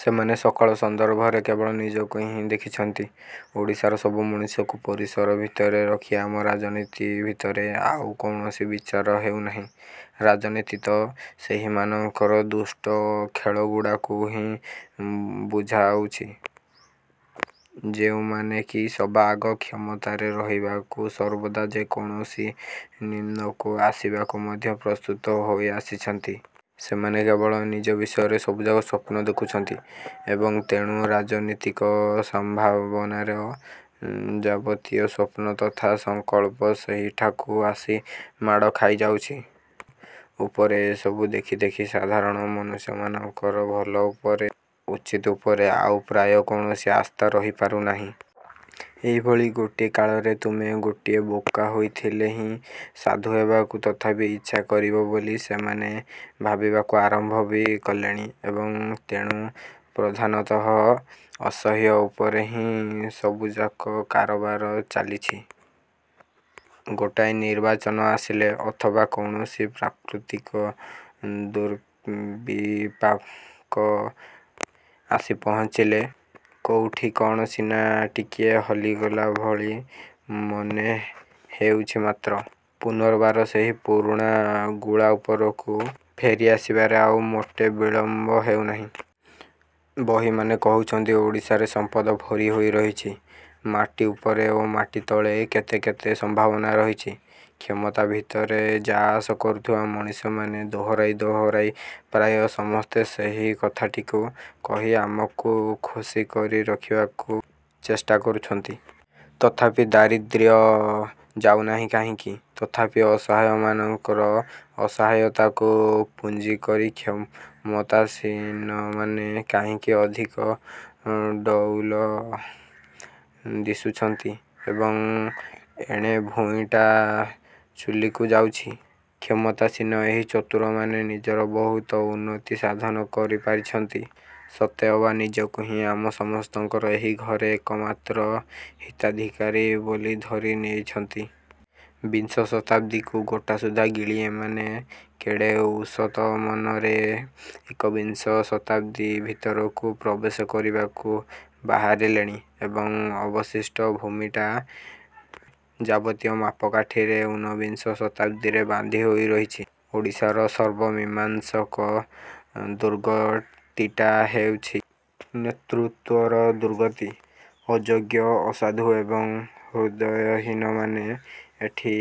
ସେମାନେ ସକଳ ସନ୍ଦର୍ଭରେ, କେବଳ ନିଜକୁ ହିଁ ଦେଖୁଛନ୍ତି। ଓଡ଼ିଶାର ସବୁ ମଣିଷଙ୍କୁ ପରିସର ଭିତରେ ରଖି ଆମ ରାଜନୀତି ଭିତରେ ଆଉ କୌଣସି ବିଚାର ହେଉନାହିଁ। ରାଜନୀତି ତ ସେହିମାନଙ୍କର ଦୁଷ୍ଟ ଖେଳଗୁଡ଼ାକୁ ହିଁ ବୁଝାଉଛି, ଯେଉଁମାନେ କି ସବାଆଗ କ୍ଷମତାରେ ରହିବାକୁ ସର୍ବଦା ଯେକୌଣସି ନିମ୍ନକୁ ଆସିବାକୁ ମଧ୍ୟ ପ୍ରସ୍ତୁତ ହୋଇ ଆସିଛନ୍ତି। ସେମାନେ କେବଳ ନିଜ ବିଷୟରେ ସବୁଯାକ ସ୍ଵପ୍ନ ଦେଖୁଛନ୍ତି ଏବଂ ତେଣୁ ରାଜନୀତିକ ସମ୍ଭାବନାର ଯାବତୀୟ ସ୍ୱପ୍ନ ତଥା ସଂକଳ୍ପ ସେହିଠାକୁ ଆସି ମାଡ଼ ଖାଇଯାଉଛି। ଉପରେ ଏସବୁ ଦେଖି ଦେଖି ସାଧାରଣ ମନୁଷ୍ୟମାନଙ୍କର ଭଲ ଉପରେ, ଉଚିତ ଉପରେ ଆଉ ପ୍ରାୟ କୌଣସି ଆସ୍ଥା ରହିପାରୁନାହିଁ। ଏଭଳି ଗୋଟିଏ କାଳରେ ତୁମେ ଗୋଟିଏ ବୋକା ହୋଇଥିଲେ ହିଁ ସାଧୁ ହେବାକୁ ତଥାପି ଇଚ୍ଛା କରିବ ବୋଲି ସେମାନେ ଭାବିବାକୁ ଆରମ୍ଭ ବି କଲେଣି ଏବଂ ତେଣୁ ପ୍ରଧାନତଃ ଅସତ୍ୟ ଉପରେ ହିଁ ସବୁଯାକ କାରବାର ଚାଲିଛି। ଗୋଟାଏ ନିର୍ବାଚନ ଆସିଲେ ଅଥବା କୌଣସି ପ୍ରାକୃତିକ ଦୁର୍ବିପାକ ଆସି ପହଂଚିଲେ ,କୋଉଠି କ'ଣ ସିନା ଟିକିଏ ହଲିଗଲା ଭଳି ମନେ ହେଉଛ ମାତ୍ର ପୁନର୍ବାର ସେହି ପୁରୁଣା ଗୁଳା ଉପରକୁ ଫେରିଆସିବାରେ ଆଉ ମୋଟେ ବିଳମ୍ବ ହେଉନାହିଁ। ବହିମାନେ କହୁଛନ୍ତି ଓଡ଼ିଶାରେ ସମ୍ପଦ ଭରି ହୋଇ ରହିଛି। ମାଟି ଉପରେ ଓ ମାଟି ତଳେ କେତେ କେତେ ସମ୍ଭାବନା ରହିଛି। କ୍ଷମତା ଭିତରେ ଯାଆଆସ କରୁଥିବା ମଣିଷମାନେ ଦୋହରାଇ ଦୋହରାଇ ପ୍ରାୟ ସମସ୍ତେ ସେହି କଥାଟିକୁ କହି ଆମକୁ ଖୁସି କରି ରଖିବାକୁ ଚେଷ୍ଟା କରୁଛନ୍ତି। ତଥାପି ଦାରିଦ୍ର୍ୟ ଯାଉନାହିଁ କାହିଁକି? ତଥାପି ଅସହାୟମାନଙ୍କର ଅସହାୟତାକୁ ପୁଞ୍ଜି କରି କ୍ଷମତାସୀନମାନେ କାହିଁକି ଅଧିକ ଡ଼ଉଲ ଦିଶୁଛନ୍ତି ଏବଂ ଏଣେ ଭୂଇଁଟା ଚୂଲିକୁ ଯାଉଛି? କ୍ଷମତାସୀନ ଏହି ଚତୁରମାନେ ନିଜର ବହୁତ ଉନ୍ନତି ସାଧନ କରିପାରିଛନ୍ତି। ସତେଅବା ନିଜକୁ ହିଁ ଆମ ସମସ୍ତଙ୍କର ଏହି ଘରେ ଏକମାତ୍ର ହିତାଧିକାରୀ ବୋଲି ଧରି ନେଇଛନ୍ତି। ବିଂଶ ଶତାବ୍ଦୀଟିକୁ ଗୋଟାସୁଦ୍ଧା ଗିଳି ଏମାନେ କେଡ଼େ ଉଷତମନରେ ଏକବିଂଶ ଶତାବ୍ଦୀ ଭିତରକୁ ପ୍ରବେଶ କରିବାକୁ ବାହାରିଲେଣି। ଏବଂ ଅବଶିଷ୍ଟ ଭୂମିଟା। ଯାବତୀୟ ମାପକାଠିରେ ଊନବିଂଶ ଶତାବ୍ଦୀରେ ବାନ୍ଧି ହୋଇ ରହିଛି। ଓଡ଼ିଶାର ସର୍ବମୀମାଂସକ ଦୁର୍ଗତିଟା ହେଉଛି ନେତୃତ୍ୱର ଦୁର୍ଗତି। ଅଯୋଗ୍ୟ, ଅସାଧୁ ଏବଂ ହୃଦୟହୀନମାନେ ଏଠି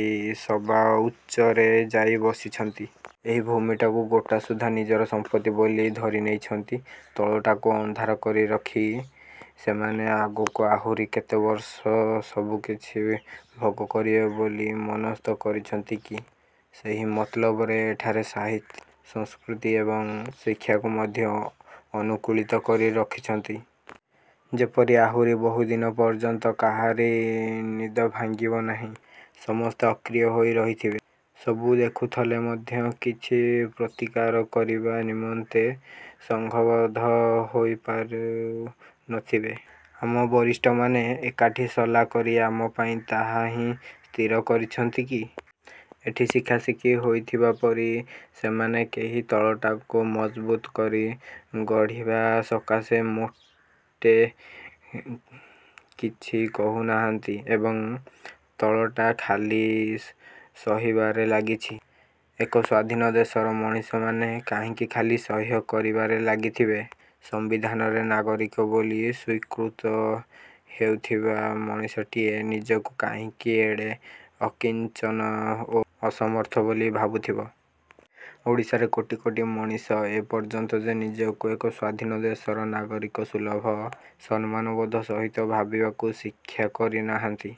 ସବା ଉଚ୍ଚରେ ଯାଇ ବସିଛନ୍ତି। ଏହି ଭୂମିଟାକୁ ଗୋଟାସୁଦ୍ଧା ନିଜର ସମ୍ପତ୍ତି ବୋଲି ଧରି ନେଇଛନ୍ତି। ତଳଟାକୁ ଅନ୍ଧାର କରି ରଖି ସେମାନେ ଆଗକୁ ଆହୁରି କେତେ ବର୍ଷ ସବୁକିଛି ଭୋଗ କରିବେ ବୋଲି ମନସ୍ଥ କରିଛନ୍ତି କି? ସେହି ମତଲବରେ ଏଠାରେ ସାହିତ୍ୟ, ସଂସ୍କୃତି ଏବଂ ଶିକ୍ଷାକୁ ମଧ୍ୟ ଅନୁକୂଳିତ କରି ରଖିଛନ୍ତି। ଯେପରି ଆହୁରି ବହୁଦିନ ପର୍ଯ୍ୟନ୍ତ କାହାରି ନିଦ ଭାଙ୍ଗିବ ନାହିଁ, ସମସ୍ତେ ଅକ୍ରିୟ ହୋଇ ରହିଥିବେ, ସବୁ ଦେଖୁଥଲେ ମଧ୍ୟ କିଛି ପ୍ରତିକାର କରିବା ନିମନ୍ତେ ସଂଘବଦ୍ଧ ହୋଇପାରୁ ନଥିବେ। ଆମ ବରିଷ୍ଠମାନେ ଏକାଠି ସଲା କରି ଆମ ପାଇଁ ତାହା ହିଁ ସ୍ଥିର କରିଛନ୍ତି କି? ଏଠି ଶିଖାଶିଖି ହୋଇଥିବା ପରି ସେମାନେ କେହି ତଳଟାକୁ ମଜବୁତ କରି ଗଢ଼ିବା ସକାଶେ ମୋଟେ କିଛି କହୁନାହାନ୍ତି ଏବଂ, ତଳଟା ଖାଲି ସହିବାରେ ଲାଗିଛି। ଏକ ସ୍ୱାଧୀନ ଦେଶର ମଣିଷମାନେ କାହିଁକି ଖାଲି ସହ୍ୟ କରିବାରେ ଲାଗିଥିବେ? ସଂବିଧାନରେ ନାଗରିକ ବୋଲି ସ୍ଵୀକୃତ ହେଉଥିବା ମଣିଷଟିଏ ନିଜକୁ କାହିଁକି ଏଡ଼େ ଅକିଂଚନ ଓ ଅସମର୍ଥ ବୋଲି ଭାବୁଥିବ? ଓଡ଼ିଶାରେ କୋଟି କୋଟି ମଣିଷ ଏପର୍ଯ୍ୟନ୍ତ ଯେ ନିଜକୁ ଏକ ସ୍ୱାଧୀନ ଦେଶର ନାଗରିକସୁଲଭ ସମ୍ମାନବୋଧ ସହିତ ଭାବିବାକୁ ଶିକ୍ଷା କରିନାହାନ୍ତି।